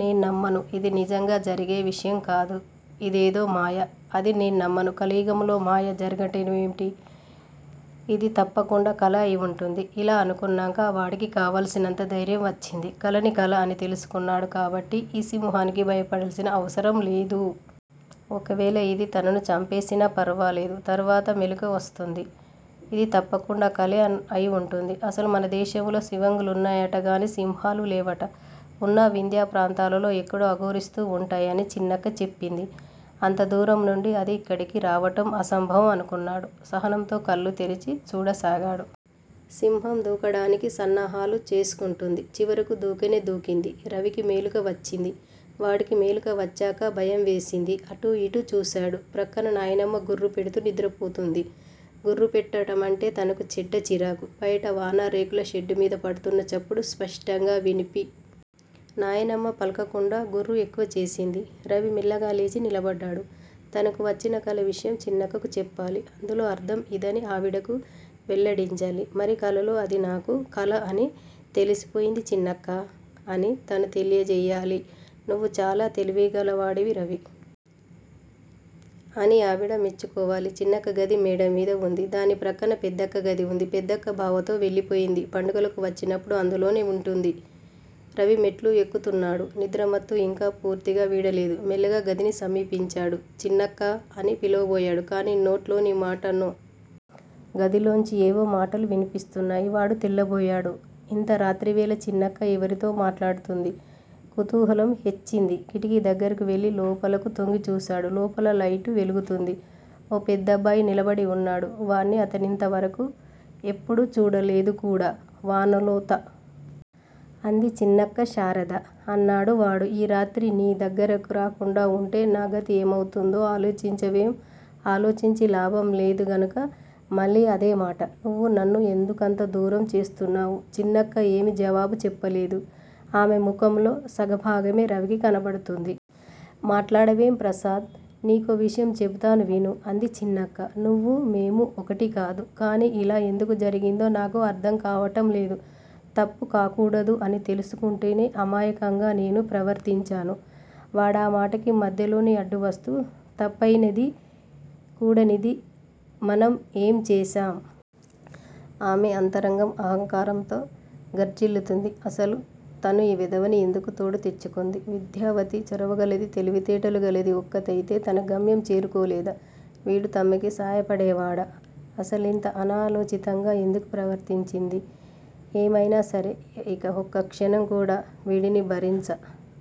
నేన్నమ్మను. ఇది నిజంగా జరిగే విషయంకాదు. ఇదేదో మాయ. అదీ నేన్నమ్మను. కలియుగంలో మాయ జరగటం ఏమిటి? ఇది తప్పకుండా కల అయివుంటుంది. ఇలా అనుకున్నాక వాడికి కావలసినంత ధైర్యం వచ్చింది. కలని కల అని తెలుసుకున్నాడు కాబట్టి ఈ సింహానికి భయపడాల్సిన అవసరం లేదు. ఒకవేళ ఇది తనను చంపివేసినా ఫర్వాలేదు. తర్వాత మెలకువ వస్తుంది. ఇది తప్పకుండా కలే అయివుంటుంది. అసలు మనదేశంలో సివంగులున్నాయట గానీ సింహాలులేవట. ఉన్నా వింధ్యప్రాంతాలలో ఎక్కడో అఘోరిస్తూ వుంటాయని చిన్నక్క చెప్పింది. అంతదూరంనుండి అది ఇక్కడికి రావటం అసంభవం అనుకున్నాడు. సహనంతో కళ్ళు తెరిచి చూడసాగాడు. సింహం దూకడానికి సన్నాహం చేసుకుంటోంది. చివరకు దూకనే దూకింది. రవికి మెలకువ వచ్చింది. వాడికి మెలకువ వచ్చాక భయంవేసింది. అటూఇటూ చూశాడు. ప్రక్కన నాయనమ్మ గుర్రుపెడుతూ నిద్రపోతుంది. గుర్రుపెట్టటమంటే తనకు చెడ్డ చిరాకు. బయట వాన. రేకులషెడ్డుమీద పడుతున్న చప్పుడు స్పష్టంగా వినిపిస్తుంది. నాయనమ్మా! అని పిలిచాడు. నాయనమ్మా పలుకకుండా గుర్రు ఎక్కువచేసింది. రవి మెల్లగా లేచి నిలబడ్డాడు. తనకు వచ్చిన కల విషయం చిన్నక్కకు చెప్పాలి. అందులో అర్థం ఇదని ఆవిడకు వెల్లడించాలి. మరి కలలో అది నాకు కల అని తెలిసిపోయింది చిన్నక్కా! అని తను తెలియచెయ్యాలి. నువ్వు చాలా తెలివిగలవాడివి రవీ! అని ఆవిడ మెచ్చుకోవాలి. చిన్నక్క గది మేడమీద వుంది. దాని ప్రక్కన పెద్దక్క గది వుంది. పెద్దక్క బావతో వెళ్ళిపోయింది. పండుగలకు వచ్చినప్పుడు అందులోనే వుంటుంది. రవి మెట్లు ఎక్కుతున్నాడు. నిద్రమత్తు ఇంకా పూర్తిగా వీడలేదు. మెల్లగా గదిని సమీపించాడు. చిన్నక్కా! అని పిలవబోయాడు కానీ నోట్లోనిమాట నోటిలోనే వుండిపోయింది. గదిలోంచి ఏవో మాటలు వినిపిస్తున్నాయి. వాడు తెల్లబోయాడు. ఇంత రాత్రివేళ చిన్నక్క ఎవరితో మాట్లాడుతుంది? కుతూహలం హెచ్చింది. కిటికీదగ్గరకు వెళ్ళి లోపలకు తొంగిచూశాడు. లోపల లైటు వెలుగుతోంది. ఓ పెద్దబ్బాయి నిలబడివున్నాడు. వాడ్ని తనింతవరకూ ఎన్నడూ చూడలేదుకూడా. వానలో తడిసి వచ్చినట్లున్నాడు. ఎంత సాహసంచేశావ్? ఎవరైనా చూస్తే నా గతి ఏమౌతుందో ఆలోచించుకున్నావా? అంది చిన్నక్క. శారదా! అన్నాడు వాడు. ఈ రాత్రి నీ దగ్గరకు రాకుండా వుంటే నా గతి ఏమౌతుందో ఆలోచించవేం? ఆలోచించి లాభం లేదుగనుక! మళ్ళీ అదేమాట! నువ్వు నన్ను ఎందుకంత దూరం చేస్తున్నావు? చిన్నక్క ఏమీ జవాబు చెప్పలేదు. ఆమె ముఖంలో సగభాగమే రవికి కనబడుతోంది. మాట్లాడవేం? ప్రసాద్! నీకో విషయం చెబుతాను విను అంది చిన్నక్క. నువ్వూ, మేమూ ఒకటికాదు. కానీ ఇలా ఎందుకు జరిగిందో నాకూ అర్ధంకావటం లేదు. తప్పు, కూడదు అని తెలుసుకుంటూనే అమాయకంగా నేనూ ప్రవర్తించాను. వాడామాటకి మధ్యలోనే అడ్డువస్తూ తప్పయినదీ, కూడనిదీ మనం ఏం చేశాం? ఆమె అంతరంగం అహంకారంతో ఘార్ణిల్లుతోంది. అసలు తను ఈ వెధవని ఎందుకు తోడు తెచ్చుకుంది? విద్యావతి, చొరవగలది. తెలివితేటలు గలది ఒక్కతే తన గమ్యం చేరుకోలేదా? వీడు తనకి సాయపడేవాడా? అసలింత అనాలోచితంగా ఎందుకు ప్రవర్తించింది? ఏమయినా సరే ఇహ ఒక్కక్షణం కూడా వేడిని భరించలేదు.